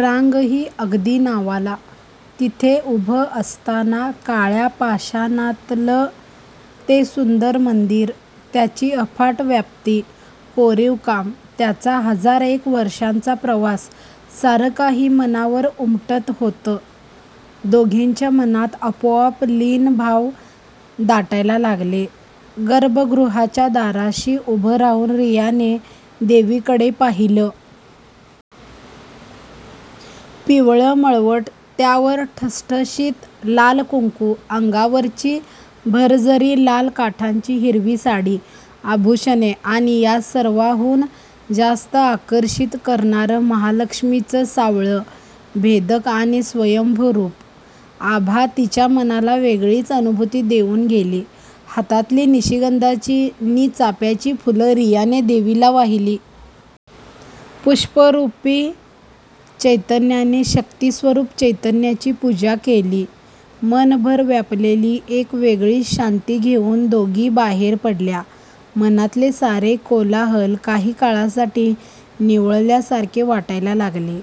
रांगही अगदी नावाला. तिथे उभं असताना काळ्या पाषाणातलं ते सुंदर मंदिर, त्याची अफाट व्याप्ती, कोरीवकाम, त्याचा हजार एक वर्षांचा प्रवास सारं काही मनावर उमटत होतं. दोघींच्या मनात आपोआप लीन भाव दाटायला लागले. गर्भगृहाच्या दाराशी उभं राहून रियाने देवीकडे पाहिलं. पिवळं मळवट, त्यावर ठसठशीत लाल कुंकू, अंगावरची भरजरी लाल काठांची हिरवी साडी, आभूषणे आणि या सर्वाहून जास्त आकर्षित करणारं महालक्ष्मीचं सावळं, भेदक, आणि स्वयंभू रूप, आभा तिच्या मनाला वेगळीच अनुभूती देऊन गेली. हातातली निशिगंधाची नि चाफ्याची फुलं रियाने देवीला वाहिली. पुष्परूपी चैतन्याने शक्तीस्वरूप चैतन्याची पुजा केली! मनभर व्यापलेली एक वेगळीच शांती घेऊन दोघी बाहेर पडल्या. मनातले सारे कोलाहल काही काळासाठी निवळल्या सारखे वाटायला लागले.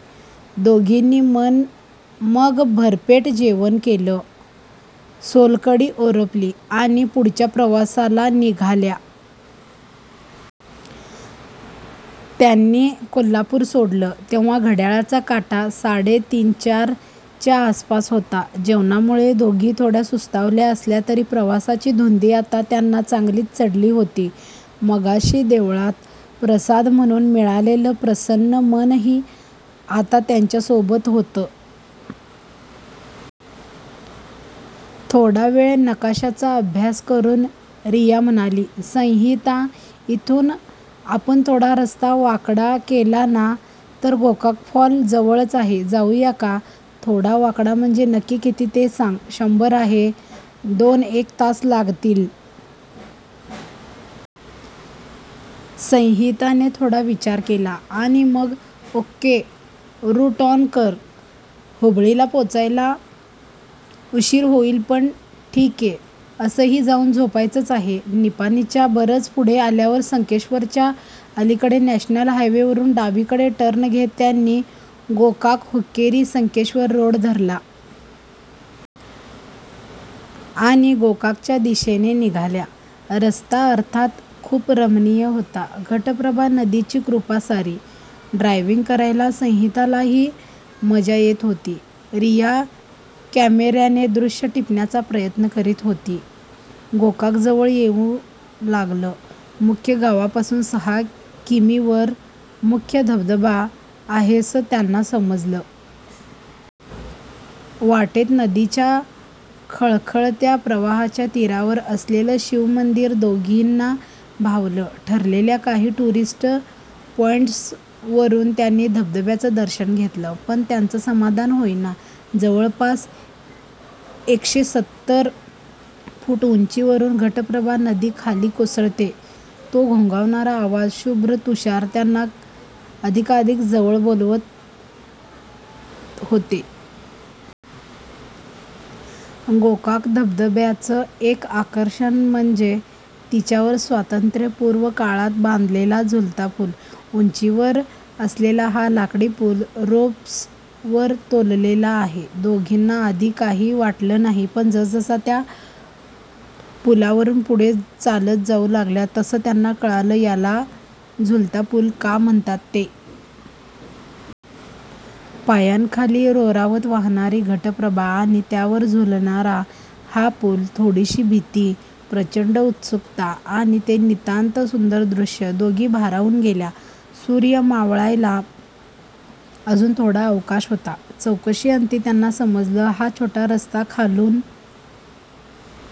दोघींनी मग भरपेट जेवण केलं. सोलकढी ओरपली. आणि पुढच्या प्रवासाला निघाल्या. त्यांनी कोल्हापूर सोडलं तेव्हा घड्याळाचा काटा साडे तीनचार च्या आसपास होता. जेवणामुळे दोघी थोड्या सुस्तावल्या असल्या तरी प्रवासाची धुंदी आता त्यांना चांगलीच चढली होती. मगाशी देवळात प्रसाद म्हणून मिळालेलं प्रसन्न मनही आता त्यांच्या सोबत होतं. थोडावेळ नकाशाचा अभ्यास करून रिया म्हणाली, संहिता, इथून आपण थोडा रस्ता वाकडा केला ना तर गोकाक फॉल जवळच आहे. जाऊया का? थोडा वाकडा म्हणजे नक्की किती ते सांग. शंभर आहे. दोन एक तास लागतील. संहिता ने थोडा विचार केला. आणि मग, ओक्के, रूट ऑन कर. हुबळीला पोचायला उशीर होईल पण ठिके. असंही जाऊन झोपायचंच आहे. निपाणीच्या बरंच पुढे आल्यावर संकेश्वरच्या अलिकडे नॅशनल हायवे वरुन डावीकडे टर्न घेत त्यांनी गोकाकहुक्केरीसंकेश्वर रोड धरला. आणि गोककच्या दिशेने निघाल्या. रस्ता अर्थात खूप रमणीय होता. घट्प्रभा नदीची कृपा सारी. ड्रायविंग करायला संहितालाही मजा येत होती. रिया कॅमेऱ्याने दृश्य टिपण्याचा प्रयत्न करत होती. गोकाक जवळ येऊ लागलं. मुख्य गावापासून सहा किमीवर मुख्य धबधबा आहेसं त्यांना समजलं. वाटेत नदीच्या खळखळत्या प्रवाहाच्या तीरावर असलेलं शिवमंदिर दोघींना भावलं. ठरलेल्या काही टुरिस्ट पॉईंट्स वरुन त्यांनी धबधब्याचं दर्शन घेतलं. पण त्यांचं समाधान होईना. जवळपास एकशेसत्तर फुट उंचीवरून घटप्रभा नदी खाली कोसळते. तो घोंघावणारा आवाज, शुभ्र तुषार त्यांना अधिकाधिक जवळ बोलवत होते. गोकाक धबधब्याचं एक आकर्षण म्हणजे, तिच्यावर स्वातंत्र्यपूर्व काळात बांधलेला झुलता पूल. उंचीवर असलेला हा लाकडी पूल रोप्स वर तोललेला आहे. दोघींना आधी काही वाटलं नाही. पण जसजशा त्या पूलावरून पुढे चालत जाऊ लागल्या तसं त्यांना कळलं याला झुलता पूल का म्हणतात ते. पायांखाली रोरावत वाहणारी घटप्रभा आणि त्यावर झुलणारा हा पूल. थोडीशी भीती, प्रचंड उत्सुकता आणि ते नितांत सुंदर दृश्य. दोघी भारावून गेल्या. सूर्य मावळायला अजून थोडा अवकाश होता॰चौकशी अंती त्यांना समजलं, हा छोटा रस्ता खालून